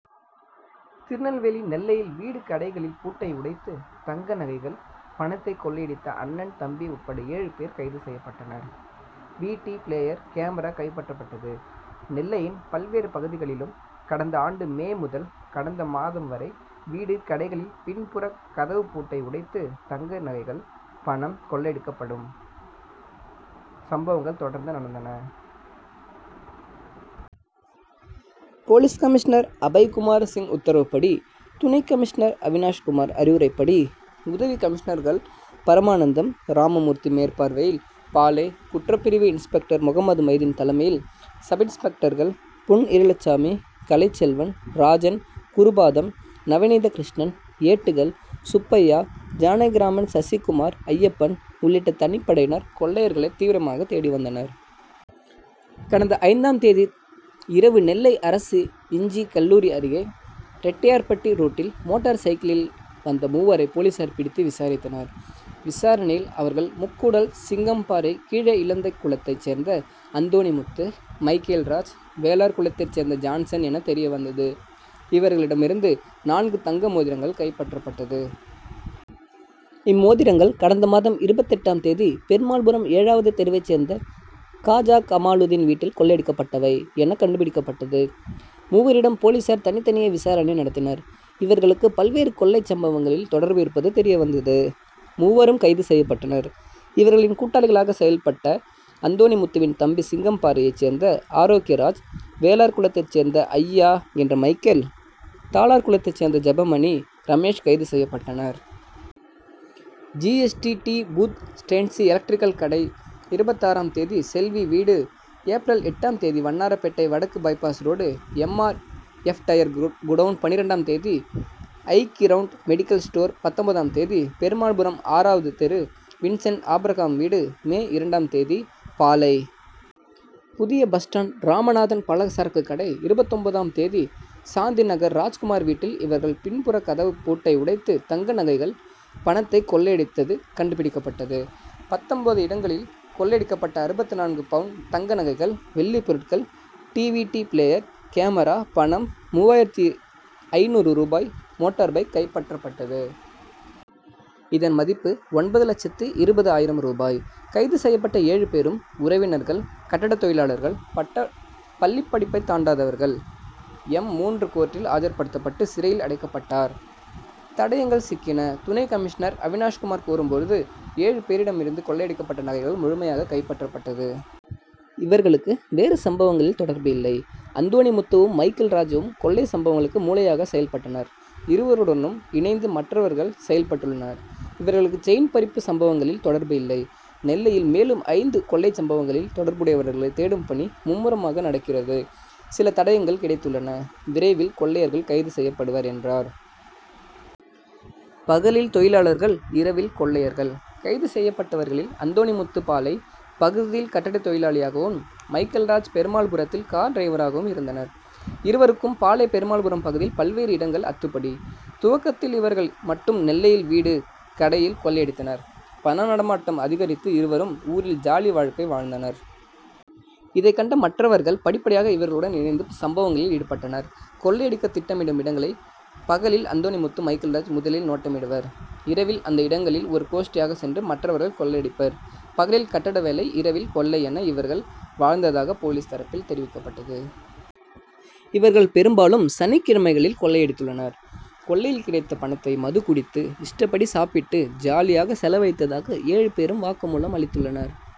திருநெல்வேலி நெல்லையில் வீடு, கடைகளில் பூட்டை உடைத்து தங்கநகைகள், பணத்தை கொள்ளையடித்த அண்ணன், தம்பி உட்பட ஏழு பேர் கைது செய்யப்பட்டனர். வி. டி., பிளேயர், கேமரா கைப்பற்றப்பட்டது. நெல்லையின் பல்வேறு பகுதிகளிலும் கடந்த ஆண்டு மே முதல் கடந்த மாதம் வரை வீடு, கடைகளில் பின்புறக்கதவுப்பூட்டை உடைத்து தங்கநகைகள், பணம் கொள்ளையடிக்கப்படும் சம்பவங்கள் தொடர்ந்து நடந்தன. போலீஸ் கமிஷனர் அபய்குமார் சிங் உத்தரவுப்படி துணை கமிஷனர் அவினாஷ்குமார் அறிவுரைப்படி, உதவி கமிஷனர்கள் பரமானந்தம், ராமமூர்த்தி மேற்பார்வையில் பாளை. குற்றப்பிரிவு இன்ஸ்பெக்டர் முகம்மதுமுகைதீன் தலைமையில் சப்-இன்ஸ்பெக்டர்கள் பொன். இருளப்பசாமி, கலைச்செல்வன், ராஜன், குருபாதம், நவநீதகிருஷ்ணன், ஏட்டுகள் சுப்பையா, ஜானகிராமன், சசிக்குமார், ஐயப்பன் உள்ளிட்ட தனிப்படையினர் கொள்ளையர்களை தீவிரமாக தேடி வந்தனர். கடந்த ஐந்தாம் தேதி இரவு நெல்லை அரசு இன்ஜி., கல்லூரி அருகே ரெட்டியார்பட்டி ரோட்டில் மோட்டார்சைக்கிளில் வந்த மூவரை போலீசார் பிடித்து விசாரித்தனர். விசாரணையில், அவர்கள் முக்கூடல் சிங்கம்பாறை கீழ இலந்தைக்குளத்தை சேர்ந்த அந்தோணிமுத்து, மைக்கேல்ராஜ், வேளார்குளத்தை சேர்ந்த ஜான்சன் என தெரியவந்தது. இவர்களிடம் இருந்து நான்கு தங்க மோதிரங்கள் கைப்பற்றப்பட்டது. இம்மோதிரங்கள் கடந்த மாதம் இருபத்தெட்டாம் தேதி பெருமாள்புரம் ஏழாவது தெருவை சேர்ந்த காஜாகமாலுதீன் வீட்டில் கொள்ளையடிக்கப்பட்டவை என கண்டுபிடிக்கப்பட்டது. மூவரிடமும் போலீசார் தனித்தனியே விசாரணை நடத்தினர். இவர்களுக்கு பல்வேறு கொள்ளைச்சம்பவங்களில் தொடர்பு இருப்பது தெரியவந்தது. மூவரும் கைது செய்யப்பட்டனர். இவர்களின் கூட்டாளிகளாக செயல்பட்ட அந்தோணிமுத்துவின் தம்பி சிங்கம்பாறையை சேர்ந்த ஆரோக்கியராஜ், வேளார்குளத்தை சேர்ந்த அய்யா என்ற மைக்கேல், தாளார்குளத்தை சேர்ந்த ஜெபமணி, ரமேஷ் கைது செய்யப்பட்டனர். G. S. T. D., booth, Stanley electrical கடை, இருபத்தாறாம் தேதி செல்வி வீடு, ஏப்ரல் எட்டாம் தேதி வண்ணார்பேட்டை வடக்கு bypass road M. R. F., tyre godown, பன்னிரண்டாம் தேதி ஐகிரவுண்ட் மெடிக்கல் ஸ்டோர், பத்தொன்பதாம் தேதி பெருமாள்புரம் ஆறாவது தெரு வின்சென்ட் ஆபிரகாம் வீடு, மே இரண்டாம் தேதி பாளை. புதிய பஸ்ஸ்டாண்ட் ராமநாதன் பலசரக்குக்கடை, இருபத்தொன்பதாம் தேதி சாந்திநகர் ராஜ்குமார் வீட்டில் இவர்கள் பின்புறக்கதவுப்பூட்டை உடைத்து தங்கநகைகள், பணத்தை கொள்ளையடித்தது கண்டுபிடிக்கப்பட்டது. பத்தொன்பது இடங்களில் கொள்ளையடிக்கப்பட்ட அறுபத்து நான்கு பவுன் தங்கநகைகள், வெள்ளி பொருட்கள், T. V. D., player, camera, பணம் மூவாயிரத்து ஐந்நூறு ரூபாய், மோட்டார்பைக் கைப்பற்றப்பட்டது. இதன் மதிப்பு ஒன்பது லட்சத்து இருபது ஆயிரம் ரூபாய். கைது செய்யப்பட்ட ஏழு பேரும் உறவினர்கள். கட்டடத்தொழிலாளர்கள். பள்ளிப்படிப்பை தாண்டாதவர்கள். எம்.மூன்று கோர்ட்டில் ஆஜர்படுத்தப்பட்டு சிறையில் அடைக்கப்பட்டார். தடயங்கள் சிக்கின: துணை கமிஷனர் அவினாஷ்குமார் கூறும்போது, ஏழு பேரிடம் இருந்து கொள்ளையடிக்கப்பட்ட நகைகள் முழுமையாக கைப்பற்றப்பட்டது. இவர்களுக்கு வேறு சம்பவங்களில் தொடர்பு இல்லை. அந்தோணிமுத்துவும், மைக்கேல் ராஜூம் கொள்ளைச்சம்பவங்களுக்கு மூளையாக செயல்பட்டனர். இருவருடனும் இணைந்து மற்றவர்கள் செயல்பட்டுள்ளனர். இவர்களுக்கு செயின்பறிப்புச்சம்பவங்களில் தொடர்பு இல்லை. நெல்லையில் மேலும் ஐந்து கொள்ளைச்சம்பவங்களில் தொடர்புடையவர்களை தேடும் பணி மும்முரமாக நடக்கிறது. சில தடயங்கள் கிடைத்துள்ளன. விரைவில் கொள்ளையர்கள் கைது செய்யப்படுவர் என்றார். பகலில் தொழிலாளர்கள்' இரவில் கொள்ளையர்கள்': கைது செய்யப்பட்டவர்களில் அந்தோணிமுத்து பாளை. பகுதியில் கட்டடத்தொழிலாளியாகவும், மைக்கேல்ராஜ் பெருமாள்புரத்தில் கார் டிரைவராகவும் இருந்தனர். இருவருக்கும் பாளை., பெருமாள்புரம் பகுதியில் பல்வேறு இடங்கள் அத்துபடி. துவக்கத்தில் இவர்கள் மட்டும் நெல்லையில் வீடு, கடையில் கொள்ளையடித்தனர். பண நடமாட்டம்' அதிகரித்து இருவரும் ஊரில் ஜாலிவாழ்க்கை வாழ்ந்தனர். இதை கண்ட மற்றவர்கள் படிப்படியாக இவர்களுடன் இணைந்து சம்பவங்களில் ஈடுபட்டனர். கொள்ளையடிக்க திட்டமிடும் இடங்களை பகலில் அந்தோணிமுத்து, மைக்கேல்ராஜ் முதலில் நோட்டமிடுவர். இரவில் அந்த இடங்களில் ஒரு கோஷ்டியாக சென்று மற்றவர்கள் கொள்ளையடிப்பர். பகலில் கட்டட வேலை, இரவில் கொள்ளை என இவர்கள் வாழ்ந்ததாக போலீஸ் தரப்பில் தெரிவிக்கப்பட்டது. இவர்கள் பெரும்பாலும் சனிக்கிழமைகளில் கொள்ளையடித்துள்ளனர். கொள்ளையில் கிடைத்த பணத்தை மதுகுடித்து, இஷ்டப்படி சாப்பிட்டு ஜாலியாக செலவழித்ததாக ஏழு பேரும் வாக்குமூலம் அளித்துள்ளனர்.